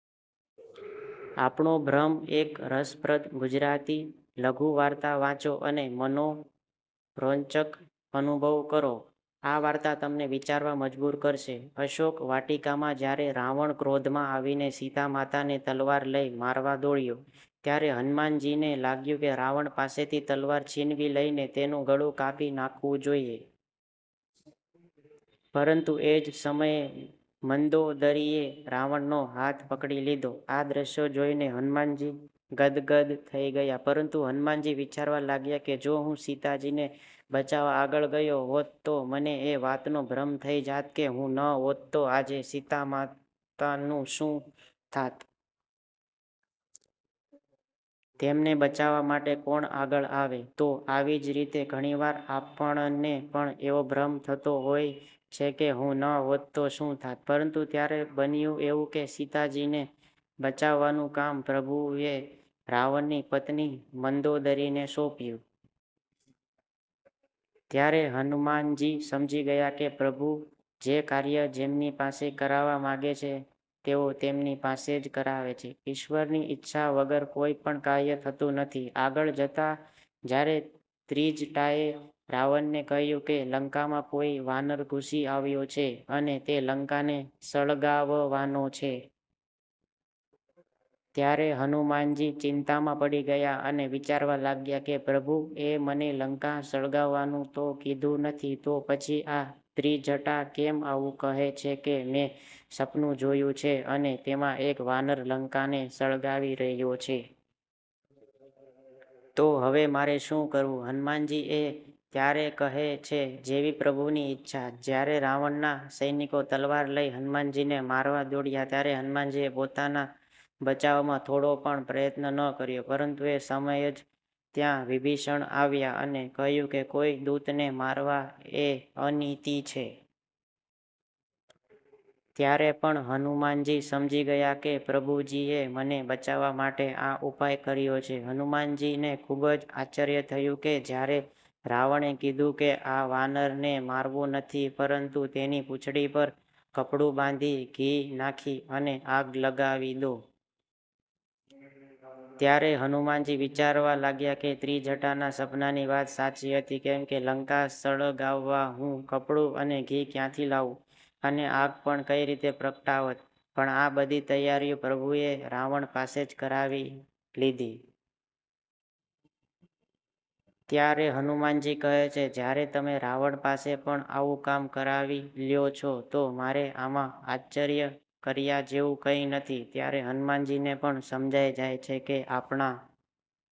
આપણો ભ્રમ: એક રસપ્રદ ગુજરાતી લઘુવાર્તા. વાંચો અને મનરોંચક અનુભવ કરો. આ વાર્તા તમને વિચારવા મજબૂર કરશે. અશોક વાટિકામાં જ્યારે રાવણ ક્રોધમાં આવીને સીતા માતાને તલવાર લઈ મારવા દોડ્યો, ત્યારે હનુમાનજીને લાગ્યું કે રાવણ પાસેથી તલવાર છીનવી લઈને, તેનું ગળું કાપી નાખવું જોઈએ. પરંતુ, એ જ સમયે મંદોદરીએ રાવણ નો હાથ પકડી લીધો. આ દ્રશ્ય જોઈને હનુમાનજી ગદગદ થઈ ગયા. પરંતુ હનુમાનજી વિચારવા લાગ્યા કે, "જો હું સીતાજીને બચાવવા આગળ ગયો હોત, તો મને એ વાતનો ભ્રમ થઈ જાત કે, હું ન હોત તો આજે સીતા માતાનું શું થાત? તેમને બચાવવા માટે કોણ આગળ આવે? " તો આવી જ રીતે ઘણીવાર આપણને પણ એવો ભ્રમ થતો હોય છે કે હું ન હોત તો શું થાત? પરંતુ ત્યારે બન્યું એવું કે સીતાજીને બચાવવાનું કામ પ્રભુએ રાવણની પત્ની મંદોદરીને સોપ્યું. ત્યારે હનુમાનજી સમજી ગયા કે, " પ્રભુ જે કાર્ય જેમની પાસે કરાવવા માંગે છે, તેઓ તેમની પાસે જ કરાવે છે. " ઈશ્વરની ઈચ્છા વગર કોઈ પણ કાર્ય થતું નથી. આગળ જતા જ્યારે ત્રીજટાએ રાવણને કહ્યું કે, " લંકામાં કોઈ વાનર ઘુસી આવ્યો છે અને તે લંકાને સળગાવવાનો છે. " ત્યારે હનુમાનજી ચિંતામાં પડી ગયા અને વિચારવા લાગ્યા કે, " પ્રભુ એ મને લંકા સળગાવવાનું તો કીધું નથી. તો પછી આ ત્રીજટા કેમ આવું કહે છે કે, મેં સપનું જોયું છે અને તેમાં એક વાનર લંકા ને સળગાવી રહ્યો છે. તો હવે મારે શું કરવું? હનુમાનજી એ ત્યારે કહે છે જેવી પ્રભુ ની ઈચ્છા. જ્યારે રાવણ નાં સૈનિકો તલવાર લઈ હનુમાનજીને મારવા દોડ્યા, ત્યારે હનુમાનજીએ પોતાના બચાવમાં થોડો પણ પ્રયત્ન ન કર્યો. પરંતુ એ સમય જ ત્યાં વિભીષણ આવ્યા અને કહ્યું કે, કોઈ દૂતને મારવા એ અનીતિ છે. ત્યારે પણ હનુમાનજી સમજી ગયા કે પ્રભુજીએ મને બચાવવા માટે આ ઉપાય કર્યો છે. હનુમાનજી ને ખુબ જ આશ્ચર્ય થયું કે જ્યારે રાવણે કીધું કે, આ વાનર ને મારવો નથી, પરંતુ તેની પૂછડી પર કપડું બાંધી, ઘી નાખી અને આગ લગાવી દો. ત્યારે હનુમાનજી વિચારવા લાગ્યા કે ત્રીજટાના સપનાની વાત સાચી હતી. કેમ કે લંકા સળગાવવા હું કપડું અને ઘી ક્યાંથી લાવું? અને આગ પણ કંઈ રીતે પ્રગટાવત? પણ આ બધી તૈયારીઓ પ્રભુએ રાવણ પાસે જ કરાવી લીધી. ત્યારે હનુમાનજી કહે છે, જ્યારે તમે રાવણ પાસે પણ આવું કામ કરાવી લ્યો છો, તો મારે આમાં આશ્વર્ય કર્યા જેવું કંઈ નથી. ત્યારે હનુમાનજી ને પણ સમજાય જાય છે કે આપણા